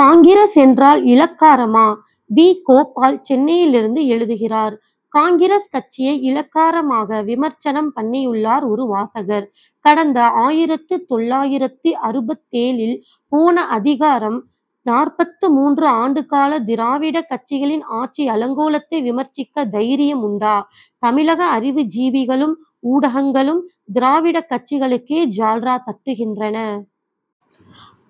காங்கிரஸ் என்றால் இளக்காரமா? வி. கோபால், சென்னையிலிருந்து எழுதுகிறார் காங்கிரஸ் கட்சியை இளக்காரமாக, விமர்சனம் பண்ணியுள்ளார் ஒரு வாசகர். கடந்த ஆயிரத்து தொள்ளாயிரத்து அறுபத்தேழில் போன அதிகாரம், நாற்பத்து மூன்று ஆண்டுகால திராவிட கட்சிகளின் ஆட்சி அலங்கோலத்தை விமர்சிக்க தைரியம் உண்டா? தமிழக அறிவு ஜீவிகளும், ஊடகங்களும், திராவிடக் கட்சிகளுக்கே ஜால்ரா தட்டுகின்றன.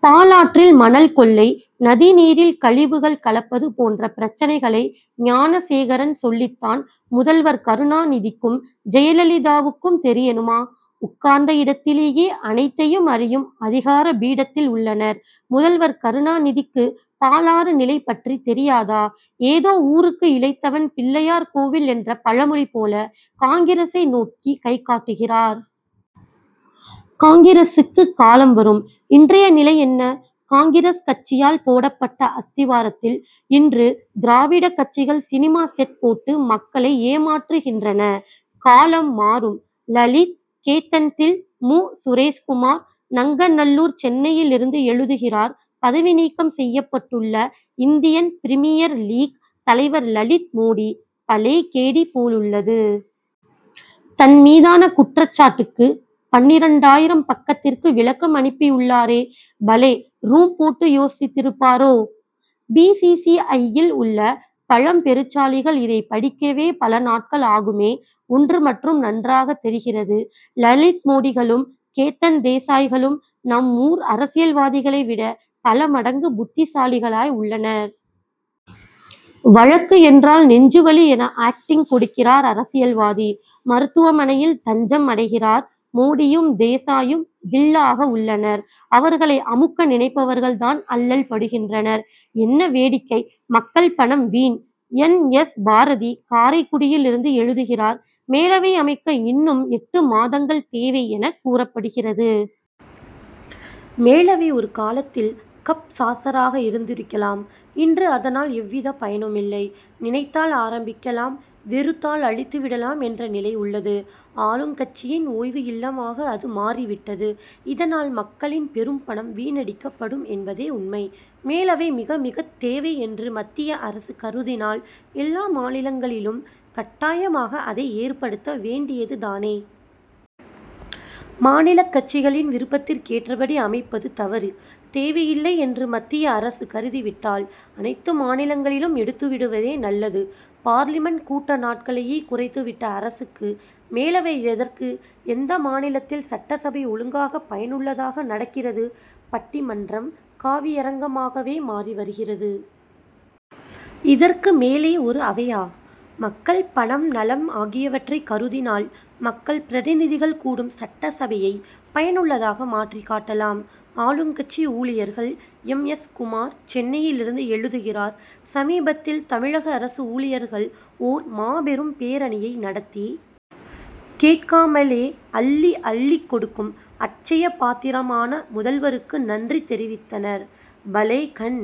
பாலாற்றில் மணல் கொள்ளை, நதி நீரில் கழிவுகள் கலப்பது போன்ற பிரச்னைகளை ஞானசேகரன் சொல்லித் தான், முதல்வர் கருணாநிதிக்கும், ஜெயலலிதாவுக்கும் தெரியணுமா? உட்கார்ந்த இடத்திலேயே, அனைத்தையும் அறியும் அதிகார பீடத்தில் உள்ளனர். முதல்வர் கருணாநிதிக்கு, பாலாறு நிலை பற்றி தெரியாதா? ஏதோ ஊருக்கு இளைத்தவன் பிள்ளையார் கோவில் என்ற பழமொழி போல, காங்கிரசை நோக்கி கை காட்டுகிறார். காங்கிரசுக்கு காலம் வரும். இன்றைய நிலை என்ன? காங்கிரஸ் கட்சியால் போடப்பட்ட அஸ்திவாரத்தில், இன்று திராவிடக் கட்சிகள் சினிமா செட் போட்டு, மக்களை ஏமாற்றுகின்றனகாலம் மாறும். லலித், கேதன் தில்! மு. சுரேஷ்குமார், நங்கநல்லூர், சென்னையிலிருந்து எழுதுகிறார் பதவி நீக்கம் செய்யப்பட்டுள்ள இந்தியன் பிரிமியர் லீக் தலைவர் லலித் மோடி, பலே கேடி போலுள்ளது. தன் மீதான குற்றச்சாட்டுக்கு பன்னிரண்டாயிரம் பக்கத்திற்கு விளக்கம் அனுப்பியுள் ளாரே. பலேரூம் போட்டு யோசித்திருப்பாரோ? பி. சி. சி. ஐ.யில் உள்ள பழம் பெருச்சாளிகள் இதைப் படிக்கவே பல நாட்கள் ஆகுமே. ஒன்று மட்டும் நன்றாகத் தெரிகிறது. லலித் மோடிகளும், கேதன் தேசாய்களும், நம்மூர் அரசியல்வாதிகளை விட, பல மடங்கு புத்திசாலிகளாய் உள்ளனர். வழக்கு என்றால் நெஞ்சு வலி என ஆக்டிங் கொடுக்கிறார் அரசியல்வாதி; மருத்துவமனையில் தஞ்சம் அடைகிறார். மோடியும், தேசாயும், தில்'லாக உள்ளனர். அவர் களை அமுக்க நினைப்பவர்கள் தான் அல்லல்படுகின்றனர். என்ன வேடிக்கை? மக்கள் பணம் வீண்! என். எஸ். பாரதி, காரைக்குடியிலிருந்து எழுதுகிறார் மேலவை அமைக்க இன் னும் எட்டு மாதங்கள் தேவை' என கூறப்படுகிறது. மேலவை ஒரு காலத் தில், கப் சாசராக இருந்திருக்கலாம். இன்று, அதனால் எவ்விதப் பயனுமில்லை. நினைத்தால் ஆரம்பிக்கலாம்; வெறுத்தால் அழித்து விடலாம் என்ற நிலை உள்ளது. ஆளுங்கட்சியின் ஓய்வு இல்லமாக அது மாறிவிட்டது. இதனால், மக்களின் பெரும் பணம் வீணடிக் கப்படும் என்பதே உண்மை. மேலவை மிகமிகத் தேவை என்று மத்திய அரசு கருதினால், எல்லா மாநிலங்களிலும் கட்டாயமாக அதை ஏற்படுத்த வேண்டியது தானே. மாநிலக் கட்சிகளின் விருப்பதிற்கேற்றபடி அமைப்பது தவறு. தேவையில்லை என்று மத்திய அரசு கருதிவிட்டால், அனைத்து மாநிலங்களிலும் எடுத்து விடுவதே நல்லது. பார்லிமென்ட் கூட்ட நாட்களையே குறைத்துவிட்ட அரசுக்கு, மேலவை எதற்கு? எந்த மாநிலத்தில் சட்டசபை ஒழுங்காக, பயனுள்ளதாக நடக்கிறது? பட்டிமன் றம், காவியரங்கமாகவே மாறி வருகிறது. இதற்கு மேலே ஒரு அவையா? மக்கள் பணம், நலம் ஆகியவற்றைக் கருதினால், மக் கள் பிரதிநிதிகள் கூடும் சட்டசபையை பயனுள்ளதாக மாற் றிக் காட்டலாம். ஆளுங்கட்சி ஊழியர்கள்! எம். எஸ். குமார், சென்னையிலிருந்து எழுதுகிறார் சமீபத்தில் தமிழக அரசு ஊழியர்கள், ஓர் மாபெரும் பேரணியை நடத்தி, கேட்காமலே அள்ளி, அள்ளிக் கொடுக்கும் அட்சய பாத்திரமான முதல்வருக்கு நன்றி தெரிவித்தனர் பலேகண்